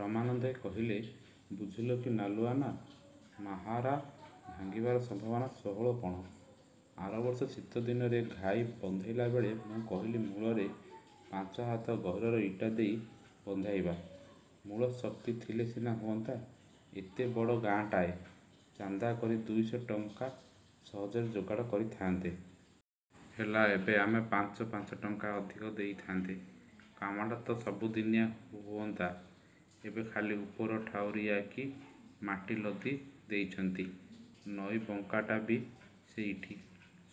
ରାମାନନ୍ଦେ କହିଲେ–ବୁଝିଲ କି ନାଲୁଆନା, ମାହାରା ଭାଙ୍ଗିବାର ସମ୍ଭାବନା ଷୋଳପଣ-। ଆର ବର୍ଷ ଶୀତଦିନରେ ଘାଇ ବନ୍ଧେଇଲାବେଳେ ମୁଁ କହିଲି ମୂଳରେ ପାଞ୍ଚହାତ ଗହୀରର ଇଟା ଦେଇ ବନ୍ଧେଇବା। ମୂଳଶକ୍ତି ଥିଲେ ସିନା ହୁଅନ୍ତା। ଏତେ ବଡ଼ ଗାଁଟାଏ ଚାନ୍ଦା କରି ଦୁଇଶହ ଟଙ୍କା ସହଜରେ ଯୋଗାଡ଼ କରିଥାନ୍ତେ। ହେଲା ଏବେ ଆମେ ପାଞ୍ଚ ପାଞ୍ଚ ଟଙ୍କା ଅଧିକା ଦେଇ ଥାନ୍ତେ। କାମଟା ତ ସବୁଦିନିଆ ହୋଅନ୍ତା। ଏବେ ଖାଲି ଉପର ଠାଉରିଆକି ମାଟି ଲଦି ଦେଇଛନ୍ତି। ନଈ ବାଙ୍କଟା ବି ସେଇଠି।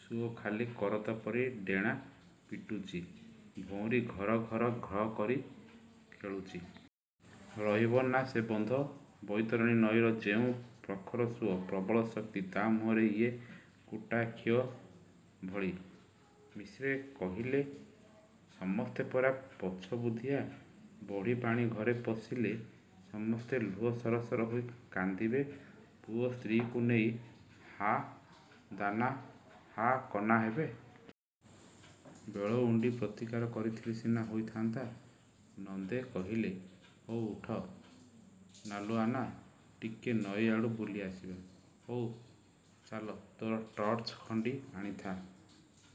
ସୁଅ ଖାଲି କରତ ପରି ଡେଣା ପିଟୁଚି। ଭଉଁରୀ ଘର-ଘର-ଘ୍ର କରି ଖେଳୁଚି। ରହିବ ନା ସେ ବନ୍ଧ ବୈତରଣୀ ନଈର ଯେଉଁ ପ୍ରଖର ସୁଅ, ପ୍ରବଳ ଶକ୍ତି–ତା' ମୁହଁରେ ଇଏ କୁଟାଖିଏ ଭଳି। ମିଶ୍ରେ କହିଲେ–ସମସ୍ତେ ପରା ପଛବୁଦ୍ଧିଆ। ବଢ଼ିପାଣି ଘରେ ପଶିଲେ ସମସ୍ତେ ଲୁହ ସରସର ହୋଇ କାନ୍ଦିବେ, ପୁଅ ସ୍ତ୍ରୀଙ୍କୁ ନେଇ ହା-ଦାନା, ହା-କନା ହେବେ। ବେଳ ଉଣ୍ଡି ପ୍ରତିକାର କରିଥିଲେ ସିନା ହୋଇଥାନ୍ତା। ନନ୍ଦେ କହିଲେ–ହଉ, ଉଠ ନାଲୁଆନା, ଟିକେ ନଈଆଡ଼ୁ ବୁଲି ଆସିବା। –ହଉ, ଚାଲ, ତୋର ଟର୍ଚ୍ଚଖଣ୍ଡି ଆଣିଥା।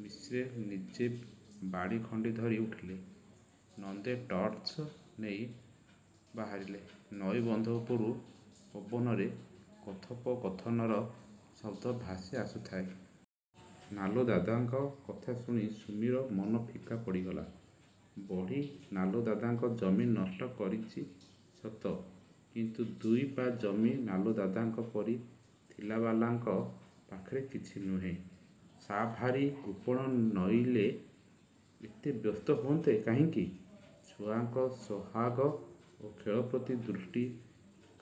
ମିଶ୍ରେ ନିଜ ବାଡ଼ି ଖଣ୍ଡି ଧରି ଉଠିଲେ। ନନ୍ଦେ ଟର୍ଚ୍ଚ ନେଇ ବାହାରିଲେ। ନଈ ବନ୍ଧ ଉପରୁ ପବନରେ କଥୋପକଥନର ଶବ୍ଦ ଭାସି ଆସୁଥାଏ। ନାଲୁଦାଦାଙ୍କ କଥା ଶୁଣି ସୁମିର ମନ ଫିକା ପଡ଼ିଗଲା। ବଢ଼ି ନାଲୁଦାଦାଙ୍କ ଜମି ନଷ୍ଟ କରିଚି ସତ, କିନ୍ତୁ ଦୁଇ-ପା ଜମି ନାଲୁଦାଦାଙ୍କ ପରି ଥିଲାବାଲାଙ୍କ ପାଖରେ କିଛି ନୁହେଁ। ସା ଭାରି କୃପଣ ନଇଲେ ଏତେ ବ୍ୟସ୍ତ ହୁଅନ୍ତେ କାହିଁକି? ଛୁଆଙ୍କ ସୋହାଗ ଓ ଖେଳପ୍ରତି ଦୃଷ୍ଟି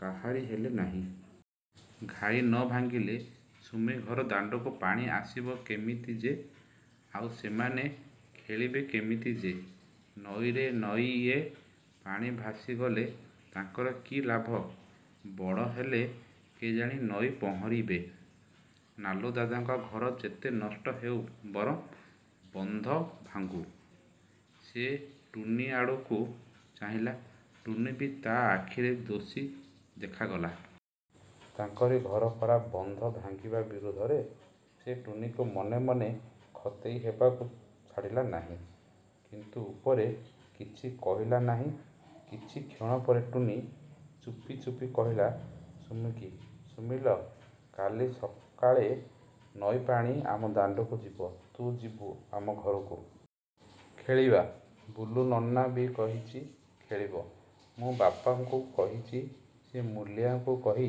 କାହାରିହେଲେ ନାହିଁ। ଘାଇ ନ ଭାଙ୍ଗିଲେ ସୁମିଘର ଦାଣ୍ଡକୁ ପାଣି ଆସିବ କେମିତି ଯେ? ଆଉ ସେମାନେ ଖେଳିବେ କେମିତି ଯେ? ନଈରେ ନଈଏ ପାଣି ଭାସିଗଲେ ତାଙ୍କର କି ଲାଭ–ବଡ଼ହେଲେ କେଜାଣି ନଈ ପହଁରିବେ। ନାଲୁଦାଦାଙ୍କ ଘର ଯେତେ ନଷ୍ଟ ହେଉ ବରଂ ବନ୍ଧ ଭାଙ୍ଗୁ। ସେ ଟୁନୀ ଆଡ଼କୁ ଚାହିଁଲା–ଟୁନୀ ବି ତା ଆଖିରେ ଦୋଷୀ ଦେଖାଗଲା। ତାଙ୍କରି ଘର ପରା ବନ୍ଧ ଭାଙ୍ଗିବା ବିରୋଧରେ! ସେ ଟୁନୀକୁ ମନେ ମନେ ଖତେଇ ହବାକୁ ଛାଡ଼ିଲା ନାହିଁ। କିନ୍ତୁ ଉପରେ କିଛି କହିଲା ନାହିଁ। କିଛିକ୍ଷଣ ପରେ ଟୁନୀ ଚୁପି ଚୁପି କହିଲା ସୁମିକୁ–ସୁମିଲୋ, କାଲି ସକାଳେ ନଈପାଣି ଆମ ଦାଣ୍ଡକୁ ଯିବ। ତୁ ଯିବୁ ଆମ ଘରକୁ। ଖେଳିବା। ବୁଲୁନନା ବି କହିଚି ଖେଳିବ। ମୁଁ ବାପାଙ୍କୁ କହିଚି–ସେ ମୂଲିଆଙ୍କୁ କହି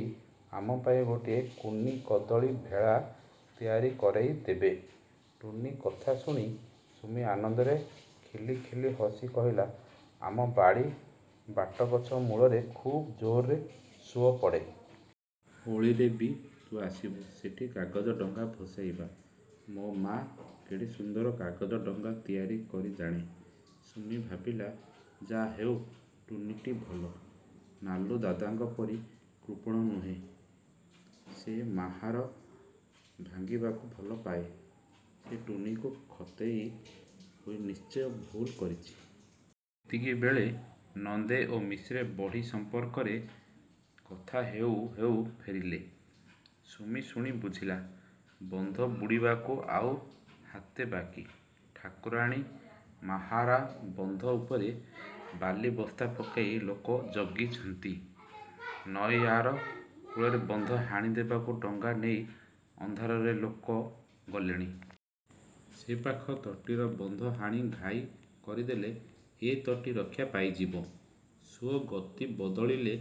ଆମପାଇଁ ଗୋଟିଏ କୁନି କଦଳି-ଭେଳା ତିଆରି କରେଇ ଦେବେ। ଟୁନୀ କଥା ଶୁଣି ସୁମି ଆନନ୍ଦରେ ଖିଲି ଖିଲି ହସି କହିଲା–ଆମ ବାଡ଼ି ବାଟଗଛ ମୂଳରେ ଖୁବ୍ ଜୋର୍ ସୁଅ ପଡ଼େ। ଓଳିରେ ବି। ତୁ ଆସିବୁ; ସେଠି କାଗଜ ଡଙ୍ଗା ଭସେଇବା। ମୋ ମା' କେଡ଼େ ସୁନ୍ଦର କାଗଜ ଡଙ୍ଗା ତିଆରି କରି ଜାଣେ। ସୁମି ଭବିଲା–ଯା' ହେଉ ଟୁନୀଟି ଭଲ। ନାଲୁ ଦାଦାଙ୍କ ପରି କୃପଣ ନୁହେଁ। ସେ ମାହାର ଭାଙ୍ଗିବାକୁ ଭଲପାଏ। ସେ ଟୁନୀକୁ ଖତେଇ ହୋଇ ନିଶ୍ଚୟ ଭୁଲ କରିଚି। ଏତିକିବେଳେ ନନ୍ଦେ ଓ ମିଶ୍ରେ ବଢ଼ି ସମ୍ପର୍କରେ କଥା ହେଉ ହେଉ ଫେରିଲେ। ସୁମି ଶୁଣି ବୁଝିଲା–ବନ୍ଧ ବୁଡ଼ିବାକୁ ଆଉ ହାତେ ବାକି। ଠାକୁରାଣୀ ମାହାରା ବନ୍ଧ ଉପରେ ବାଲିବସ୍ତା ପକାଇ ଲୋକ ଜଗିଛନ୍ତି। ନଈ ଆର କୂଳର ବନ୍ଧ ହାଣି ଦେବାକୁ ଡଙ୍ଗା ନେଇ ଅନ୍ଧାରରେ ଲୋକ ଗଲେଣି। ସେପାଖ ତଟୀର ବନ୍ଧ ହାଣି ଘାଇ କରିଦେଲେ ଏ ତଟୀ ରକ୍ଷା ପାଇଯିବ। ସୁଅ ଗତି ବଦଳିଲେ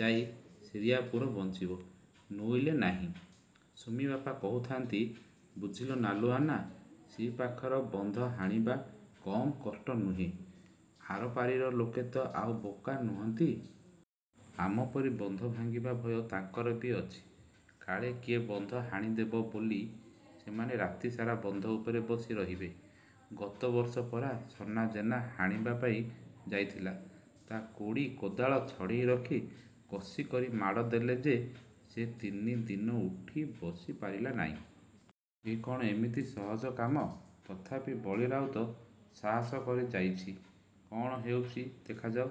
ଯାଇଁ ଶିରିଆପୁର ବଞ୍ଚିବ,–ନୁଇଲେ ନାହିଁ। ସୁମି-ବାପା କହୁଥାନ୍ତି–ବୁଝିଲ ନାଲୁଆନା, ସେ ପାଖର ବନ୍ଧ ହାଣିବା କମ୍ କଷ୍ଟ ନୁହେଁ। ଆର ପାରିର ଲୋକେ ତ ଆଉ ବୋକା ନୁହନ୍ତି। ଆମପରି ବନ୍ଧ ଭାଙ୍ଗିବା ଭୟ ତାଙ୍କର ବି ଅଛି। କାଳେ କିଏ ବନ୍ଧ ହାଣିଦେବ ବୋଲି ସେମାନେ ରାତିସାରା ବନ୍ଧ ଉପରେ ବସି ରହିବେ। ଗତବର୍ଷ ପରା ସନାଜେନା ହାଣିବା ପାଇଁ ଯାଇଥିଲା। ତା' କୋଡ଼ି କୋଦାଳ ଛଡ଼େଇ ରଖି କଷିକରି ମାଡ଼ ଦେଲେ ଯେ ସେ ତିନିଦିନ ଉଠିବସି ପାରିଲା ନାଇଁ। ଏକଣ ଏମିତି ସହଜ କାମ? ତଥାପି, ବଳୀ ରାଉତ ସାହସ କରି ଯାଇଛି। କଣ ହେଉଚି ଦେଖାଯାଉ।